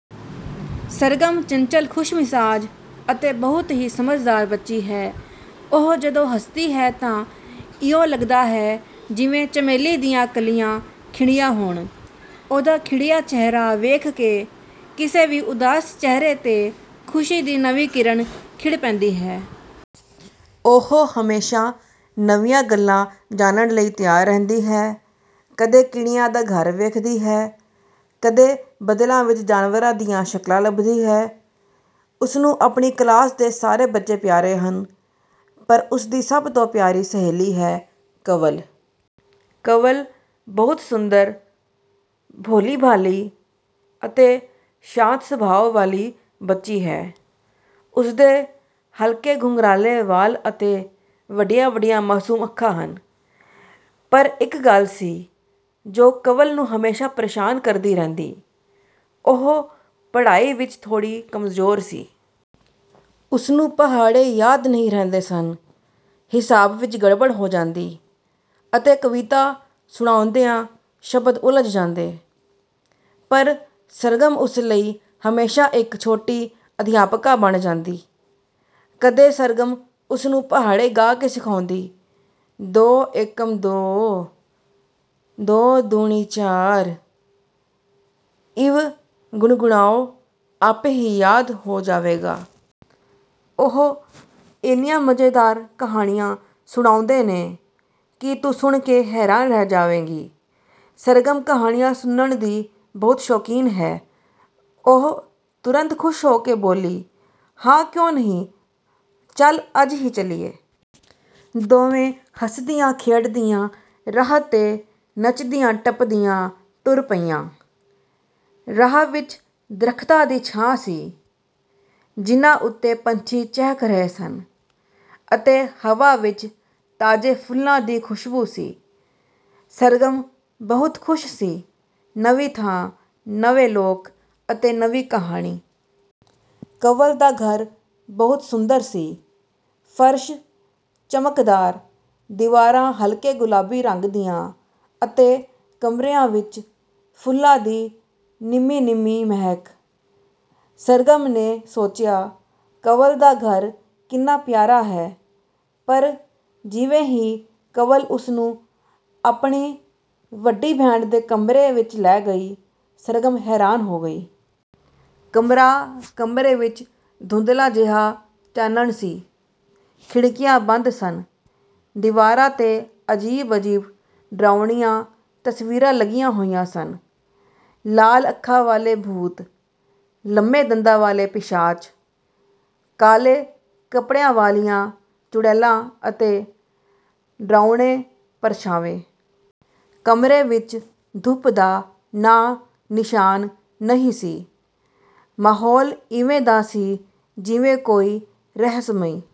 ਸਰਗਮ ਚੰਚਲ, ਖੁਸ਼ਮਿਜਾਜ਼ ਅਤੇ ਬਹੁਤ ਹੀ ਸਮਝਦਾਰ ਬੱਚੀ ਹੈ। ਉਹ ਜਦੋਂ ਹਸਦੀ ਹੈ ਤਾਂ ਇਉਂ ਲਗਦਾ ਹੈ ਜਿਵੇਂ ਚਮੇਲੀ ਦੀਆਂ ਕਲੀਆਂ ਖਿੜੀਆਂ ਹੋਣ। ਉਹਦਾ ਖਿੜਿਆ ਚਿਹਰਾ ਵੇਖ ਕੇ ਕਿਸੇ ਵੀ ਉਦਾਸ ਚਿਹਰੇ 'ਤੇ ਖੁਸ਼ੀ ਦੀ ਨਵੀਂ ਕਿਰਨ ਖਿੜ ਪੈਂਦੀ ਹੈ। ਉਹ ਹਮੇਸ਼ਾਂ ਨਵੀਆਂ ਗੱਲਾਂ ਜਾਣਨ ਲਈ ਤਿਆਰ ਰਹਿੰਦੀ ਹੈ। ਕਦੇ ਕੀੜੀਆਂ ਦਾ ਘਰ ਵੇਖਦੀ ਹੈ, ਕਦੇ ਬੱਦਲਾਂ ਵਿੱਚ ਜਾਨਵਰਾਂ ਦੀਆਂ ਸ਼ਕਲਾਂ ਲੱਭਦੀ ਹੈ। ਉਸਨੂੰ ਆਪਣੀ ਕਲਾਸ ਦੇ ਸਾਰੇ ਬੱਚੇ ਪਿਆਰੇ ਹਨ, ਪਰ ਉਸਦੀ ਸਭ ਤੋਂ ਪਿਆਰੀ ਸਹੇਲੀ ਹੈ, ਕੰਵਲ। ਕੰਵਲ ਬਹੁਤ ਸੁੰਦਰ, ਭੋਲ਼ੀ-ਭਾਲ਼ੀ ਅਤੇ ਸ਼ਾਂਤ ਸੁਭਾਅ ਵਾਲ਼ੀ ਬੱਚੀ ਹੈ। ਉਸਦੇ ਹਲਕੇ ਘੁੰਘਰਾਲ਼ੇ ਵਾਲ਼ ਅਤੇ ਵੱਡੀਆਂ-ਵੱਡੀਆਂ ਮਾਸੂਮ ਅੱਖਾਂ ਹਨ। ਪਰ ਇੱਕ ਗੱਲ ਸੀ ਜੋ ਕੰਵਲ ਨੂੰ ਹਮੇਸ਼ਾਂ ਪਰੇਸ਼ਾਨ ਕਰਦੀ ਰਹਿੰਦੀ, ਉਹ ਪੜ੍ਹਾਈ ਵਿੱਚ ਥੋੜ੍ਹੀ ਕਮਜ਼ੋਰ ਸੀ। ਉਸਨੂੰ ਪਹਾੜੇ ਯਾਦ ਨਹੀਂ ਰਹਿੰਦੇ ਸਨ, ਹਿਸਾਬ ਵਿੱਚ ਗੜਬੜ ਹੋ ਜਾਂਦੀ ਅਤੇ ਕਵਿਤਾ ਸੁਣਾਉਂਦਿਆਂ ਸ਼ਬਦ ਉਲਝ ਜਾਂਦੇ। ਪਰ ਸਰਗਮ ਉਸ ਲਈ ਹਮੇਸ਼ਾਂ ਇੱਕ ਛੋਟੀ ਅਧਿਆਪਕਾ ਬਣ ਜਾਂਦੀ। ਕਦੇ ਸਰਗਮ ਉਸਨੂੰ ਪਹਾੜੇ ਗਾ ਕੇ ਸਿਖਾਉਂਦੀ, "ਦੋ ਏਕਮ ਦੋ, ਦੋ ਦੂਣੀ ਚਾਰ, ਇੰਞ ਗੁਣਗੁਣਾਓ, ਆਪੇ ਹੀ ਯਾਦ ਹੋ ਜਾਵੇਗਾ।" ਉਹ ਐਨੀਆਂ ਮਜ਼ੇਦਾਰ ਕਹਾਣੀਆਂ ਸੁਣਾਉਂਦੇ ਨੇ ਕਿ ਤੂੰ ਸੁਣ ਕੇ ਹੈਰਾਨ ਰਹਿ ਜਾਵੇਂਗੀ। " ਸਰਗਮ ਕਹਾਣੀਆਂ ਸੁਣਨ ਦੀ ਬਹੁਤ ਸ਼ੌਕੀਨ ਹੈ। ਉਹ ਤੁਰੰਤ ਖੁਸ਼ ਹੋ ਕੇ ਬੋਲੀ, "ਹਾਂ, ਕਿਉਂ ਨਹੀਂ, ਚੱਲ ਅੱਜ ਹੀ ਚੱਲੀਏ।" ਦੋਵੇਂ ਹੱਸਦੀਆਂ-ਖੇਡਦੀਆਂ ਰਾਹ 'ਤੇ ਨਚਦੀਆਂ-ਟੱਪਦੀਆਂ ਟੁਰ ਪਈਆਂ। ਰਾਹ ਵਿੱਚ ਦਰੱਖਤਾਂ ਦੀ ਛਾਂ ਸੀ, ਜਿਨ੍ਹਾਂ ਉੱਤੇ ਪੰਛੀ ਚਹਿਕ ਰਹੇ ਸਨ ਅਤੇ ਹਵਾ ਵਿੱਚ ਤਾਜ਼ੇ ਫੁੱਲਾਂ ਦੀ ਖੁਸ਼ਬੂ ਸੀ। ਸਰਗਮ ਬਹੁਤ ਖ਼ੁਸ਼ ਸੀ ਨਵੀਂ ਥਾਂ, ਨਵੇਂ ਲੋਕ ਅਤੇ ਨਵੀਂ ਕਹਾਣੀ। ਕੰਵਲ ਦਾ ਘਰ ਬਹੁਤ ਸੁੰਦਰ ਸੀ ਫਰਸ਼ ਚਮਕਦਾਰ, ਦੀਵਾਰਾਂ ਹਲਕੇ ਗੁਲਾਬੀ ਰੰਗ ਦੀਆਂ ਅਤੇ ਕਮਰਿਆਂ ਵਿੱਚ ਫੁੱਲਾਂ ਦੀ ਨਿੰਮ੍ਹੀ-ਨਿੰਮ੍ਹੀ ਮਹਿਕ। ਸਰਗਮ ਨੇ ਸੋਚਿਆ, "ਕੰਵਲ ਦਾ ਘਰ ਕਿੰਨਾ ਪਿਆਰਾ ਹੈ।" ਪਰ ਜਿਵੇਂ ਹੀ ਕੰਵਲ ਉਸਨੂੰ ਆਪਣੀ ਵੱਡੀ ਭੈਣ ਦੇ ਕਮਰੇ ਵਿੱਚ ਲੈ ਗਈ, ਸਰਗਮ ਹੈਰਾਨ ਹੋ ਗਈ। ਕਮਰਾ ਕਮਰੇ ਵਿੱਚ ਧੁੰਦਲਾ ਜਿਹਾ ਚਾਨਣ ਸੀ। ਖਿੜਕੀਆਂ ਬੰਦ ਸਨ। ਦੀਵਾਰਾਂ 'ਤੇ ਅਜੀਬ-ਅਜੀਬ, ਡਰਾਉਣੀਆਂ ਤਸਵੀਰਾਂ ਲੱਗੀਆਂ ਹੋਈਆਂ ਸਨ। ਲਾਲ ਅੱਖਾਂ ਵਾਲੇ ਭੂਤ, ਲੰਮੇ ਦੰਦਾਂ ਵਾਲ਼ੇ ਪਿਸ਼ਾਚ, ਕਾਲ਼ੇ ਕੱਪੜਿਆਂ ਵਾਲ਼ੀਆਂ ਚੁੜੇਲਾਂ ਅਤੇ ਡਰਾਉਣੇ ਪਰਛਾਵੇਂ। ਕਮਰੇ ਵਿੱਚ ਧੁੱਪ ਦਾ ਨਾਂ-ਨਿਸ਼ਾਨ ਨਹੀਂ ਸੀ। ਮਾਹੌਲ ਇਵੇਂ ਦਾ ਸੀ ਜਿਵੇਂ ਕੋਈ ਰਹੱਸਮਈ